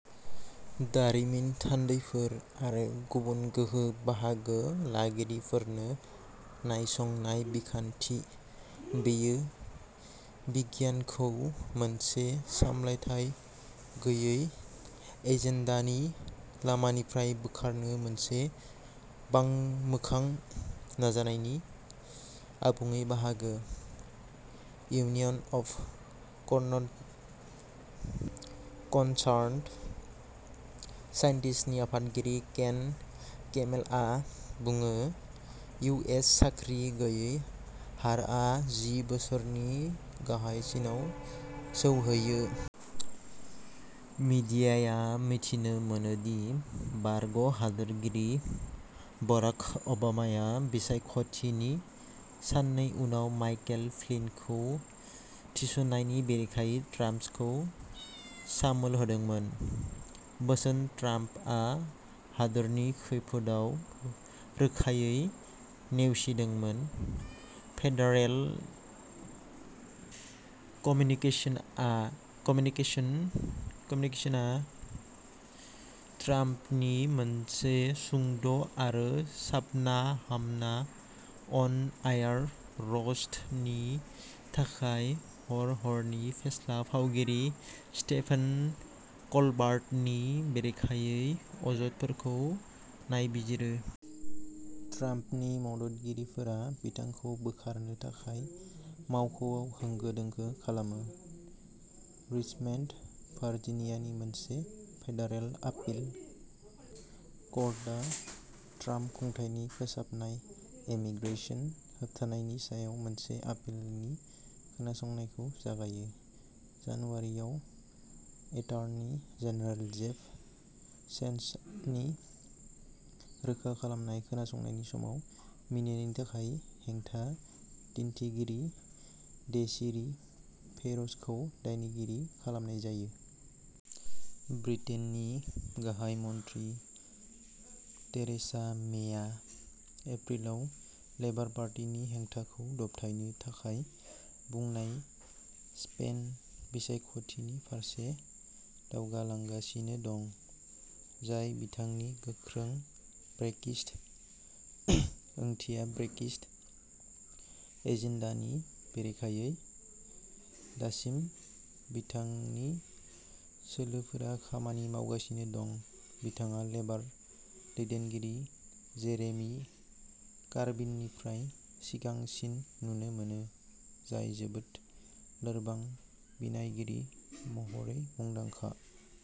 दारिमिन थान्दैफोर आरो गुबुन गोहो बाहागो लागिरिफोरनो नायसंनाय बिखान्थि। "बेयो बिगियानखौ मोनसे सामलायथाय गैयै एजेन्डानि लामानिफ्राय बोखारनो मोनसे बांमोखां नाजानायनि आबुङै बाहागो", इउनियन अफ कनसार्नड साइन्टिस्ट्सनि आफादगिरि केन किमेलआ बुङो- इउ. एस. साख्रि गैयै हारआ जि बोसोरनि गाहायसिनाव सौहैयो। मिडियाया मिथिनो मोनो दि बारग' हादोरगिरि बाराक ओबामाया बिसायख'थिनि साननै उनाव माइकेल फ्लिनखौ थिसननायनि बेरेखायै ट्राम्पखौ सामोल होदोंमोन, बोसोन ट्राम्पआ हादोरनि खैफोदआव रोखायै नेवसिदोंमोन। फेडारेल कमुनिकेसनस कमिसनआ ट्राम्पनि मोनसे सुंद' आरो साबना-हामना अन-एयार र'स्टनि थाखाय हर-हरनि फेस्ला फावगिरि स्टेफेन कलबार्टनि बेरेखायै अजदफोरखौ नायबिजिरो। ट्राम्पनि मददगिरिफोरा बिथांखौ बोखारनो थाखाय मावख'आव होंगो-दोंगो खालामो। रिचमेन्ड, भार्जिनियानि मोनसे फेडारेल आपिल कर्टआ ट्राम्प खुंथायनि फोसाबनाय इमिग्रेशन होबथानायनि सायाव मोनसे आपिलनि खोनासंनायखौ जागायो। जानुवारियाव एटर्नी जेनेरेल जेफ सेसन्सनि रोखा खालामनाय खोनासंनायनि समाव मिनिनायनि थाखाय हेंथा दिन्थिगिरि डेसिरी फेर'जखौ दायनिगिरि खालामनाय जायो। ब्रिटेननि गाहाय मन्थ्रि थेरेसा मेया एप्रिलाव लेबार पार्टीनि हेंथाखौ दबथायनो थाखाय बुंनाय स्नेप बिसायख'थिनि फारसे दावगालांगासिनो दं, जाय बिथांनि गोख्रों "ब्रेक्सिट ओंथिया ब्रेक्सिट" एजेन्डानि बेरेखायै। दासिम, बिथांनि सोलोफोरा खामानि मावगासिनो दं, बिथाङा लेबार दैदेनगिरि जेरेमी कर्बिननिफ्राय सिगांसिन नुनो मोनो, जाय जोबोद लोरबां बिनायगिरि महरै मुंदांखा।